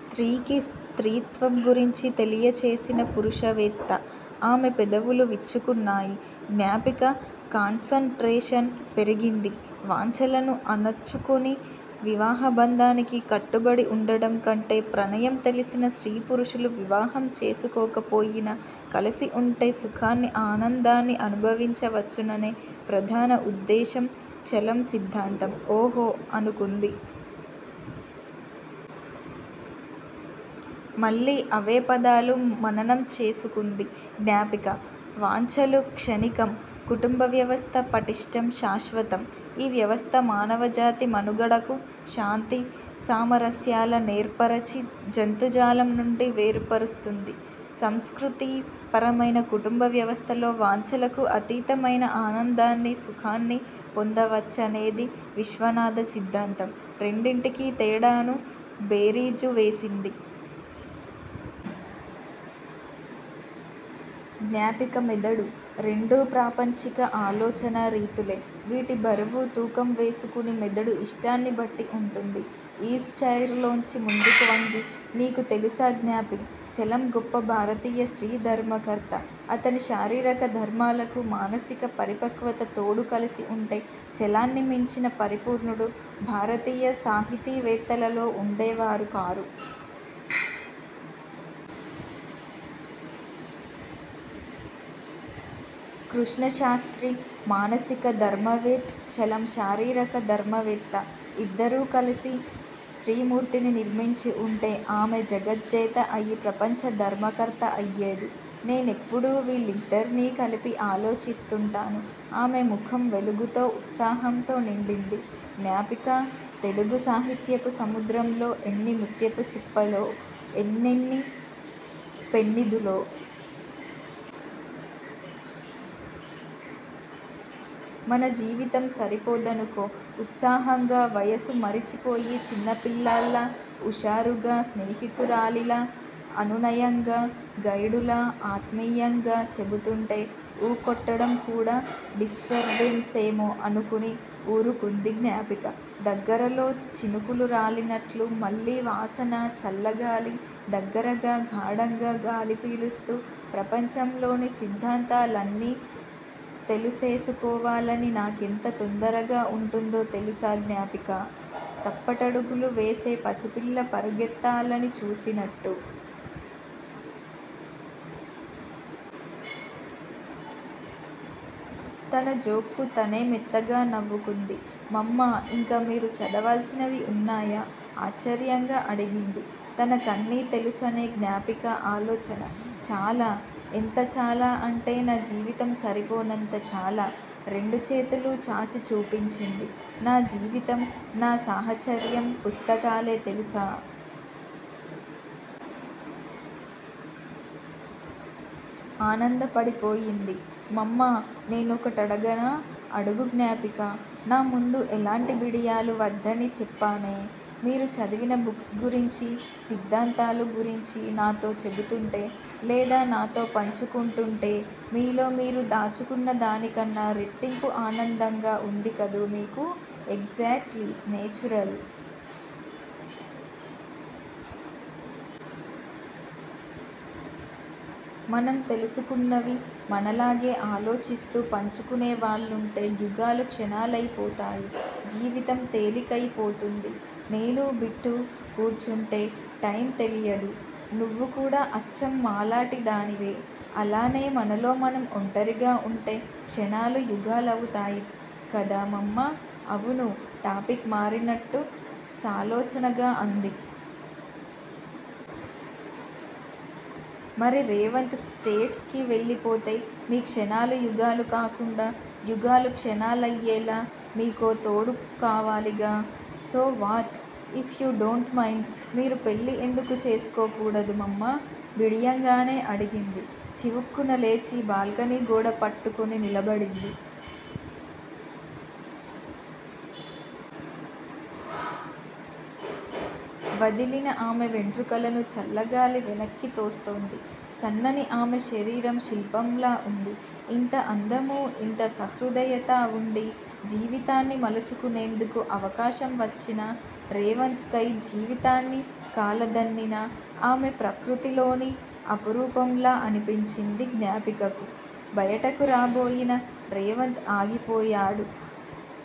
స్త్రీకి స్త్రీత్వం గురించి తెలియచేసిన పురుషవేత్త! ఆమె పెదవులు విచ్చుకున్నాయి. జ్ఞాపిక కాన్ సన్ ట్రేషన్ పెరిగింది. వాంఛలను అణచుకుని వివాహబంధానికి కట్టుబడి ఉండడం కంటే ప్రణయం తెలిసిన స్త్రీపురుషులు వివాహం చేసుకోకపోయినా కలిసిఉంటే సుఖాన్నీ, ఆనందాన్నీ అనుభవించవచ్చుననే ప్రధాన ఉద్దేశం చలం సిద్దాంతం! ఓహొఁ అనుకుంది. మళ్లీ అవే పదాలు మననం చేసుకుంది జ్ఞాపిక. వాంఛలు క్షణికం! కుటుంబవ్యవస్థ పట్టిష్టం, శాశ్వతం! ఈ వ్యవస్థ మానవజాతి మనుగడకు శాంతి సామరస్యాల నేర్పరచి జంతుజాలం నుండి వేరుపరుస్తుంది. సంస్కృథీ పరమైన కుటుంబవ్యవస్థలో వాంఛలకు అతీతమైన ఆనందాన్నీ, సుఖాన్నీ పొందవచ్చనేది విశ్వనాథ సిద్దాంతం! రెండింటి తేడాను బేరీజు వేసింది. జ్ఞాపిక మెదడు. రెండూ ప్రాపంచిక ఆలోచనారీతులే! వీటి బరువు, తూకం వేసుకుని మెదడు ఇష్టాన్ని బట్టి ఉంటుంది! ఈజ్ చైర్ లోంచి ముందుకువంగి, నీకు తెలుసా జ్ఞాపీ! చలం గొప్ప భారతీయ స్త్రీ ధర్మకర్త! అతని శారీరకధర్మాలకు మానసిక పరిపక్వత తోడు కలిసి ఉంటే చలాన్ని మించిన పరిపూర్ణుడు భారతీయ సాహితీవేత్తలలో ఉండేవారు కారు! కృష్ణశాస్త్రి మానసిక ధర్మవేత్ చలం శారీరక ధర్మవేత్త! ఇద్దరూ కలిసి స్త్రీమూర్తిని నిర్మించి ఉంటే ఆమె జగజ్జేత అయి ప్రపంచ ధర్మకర్త అయ్యేది. నేనెప్పుడూ వీళ్ళిద్దర్నీ కలిపి ఆలోచిస్తుంటాను ఆమె ముఖం వెలుగుతో ఉత్సాహంతో నిండింది. జ్ఞాపికా తెలుగు సాహిత్యపు సముద్రంలో ఎన్ని ముత్యపుచిప్పలో, ఎన్నెన్ని పెన్నిధులో! మన జీవితం సరిపొదనుకో! ఉత్సాహంగా, వయసు మరచిపోయి చిన్నపిల్లలా, ఉషారుగా, స్నేహితురాలిలా అనునయంగా, గైడులా, ఆత్మీయంగా చెబుతుంటే ఊకొట్టడం కూడా డిస్టర్బెన్సేమో అనుకుని ఊరుకుంది జ్ఞాపిక. దగ్గరలో చినుకులు రాలినట్లు మళ్లీ వాసన, చల్లగాలి దగ్గరగా! గాఢంగా గాలి పీలుస్తూ ప్రపంచంలోని సిద్దాంతాలన్నీ తెలుసేసుకోవాలని నాకెంత తొందరగా ఉంటుందో తెలుసా జ్ఞాపికా- తప్పటడుగులు వేసే పసిపిల్ల పరుగెత్తాలని చూసినట్టు! తన జోక్ కు తనే మెత్తగా నవ్వుకుంది. మమ్మా ఇంకా మీరు చదవాల్సినవి ఉన్నాయా? ఆశ్చర్యంగా అడిగింది. తనకన్నీ తెలుసనే జ్ఞాపిక ఆలోచన! చాలా! ఎంత చాలా అంటే నా జీవితం సరిపోనంత చాలా! రెండుచేతులూ చాచి చూపించింది. నా జీవితం, నా సాహచర్యం పుస్తకాలే తెలుసా? ఆనందపడిపోయింది. మమ్మా నేనొకటడగనా? అడుగు జ్ఞాపికా! నా ముందు ఎలాంటి బిడియాలూ వద్దని చెప్పానే! మీరు చదివిన బుక్స్ గురించీ, సిద్దాంతాలూ గురించీ నాతో చెబుతుంటే, లేదా నాతో పంచుకుంటూంటే మీలో మీరు దాచుకున్న దానికన్నా రెట్టింపు ఆనందంగా ఉంది కదూ మీకు! ఎగ్జాట్లీ! నేచురల్! మనం తెలుసుకున్నవి మనలాగే ఆలోచిస్తూ పంచుకునే వాళ్ళుంటే యుగాలు క్షణాలయిపోతాయి. జీవితం తేలికయిపోతుంది. నేనూ, బిట్టూ కూర్చుంటే టైమ్ తెలీదు. నువ్వు కూడా అచ్చం మాలాటిదానివే! అలానే మనలో మనం ఒంటరిగా ఉంటే- క్షణాలు యుగాలవుతాయి కదా మమ్మా! అవును టాపిక్ మారినట్టు సాలోచనగా అంది. మరి- రేవంత్ స్టేట్స్ కి వెళ్లిపోతే మీ క్షణాలు యుగాలు కాకుండా, యుగాలు క్షణాలయ్యేలా మీకో తోడు కావాలిగా! So what? If you don't mind మీరు పెళ్ళి ఎందుకు చేసుకోకూడదు మమ్మా! బిడియంగానే అడిగింది. చివుక్కున లేచి బాల్కనీ గోడ పట్టుకుని నిలబడింది. వదిలిన ఆమె వెంట్రుకలను చల్లగాలి వెనక్కితోస్తోంది. సన్నని ఆమె శరీరం శిల్పంలా ఉంది. ఇంత అందమూ, ఇంత సహృదయతా వుండీ జీవితాన్ని మలచుకునేందుకు అవకాశం వచ్చినా రేవంత్ కై జీవితాన్ని కాలదన్నిన ఆమె- ప్రకృతి లోని అపురూపంలా అనిపించింది జ్ఞాపికకు. బయటకు రాబోయిన రేవంత్ ఆగిపోయాడు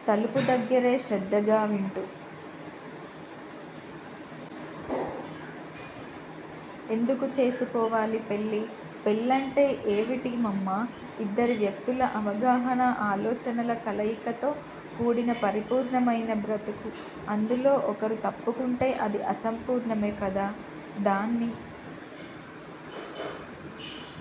తలుపు దగ్గరే- శ్రద్దగా వింటూ! ఎందుకు చేసుకోవాలి పెళ్ళి? పెళ్ళంటే ఏవిటి మమ్మా? ఇద్దరి వ్యక్తుల అవగాహన, ఆలోచనల కలయికతో కూడిన పరిపూర్ణమయిన బ్రతుకు! అందులో ఒకరు తప్పుకుంటే అది అసంపూర్ణమే కదా! దాన్ని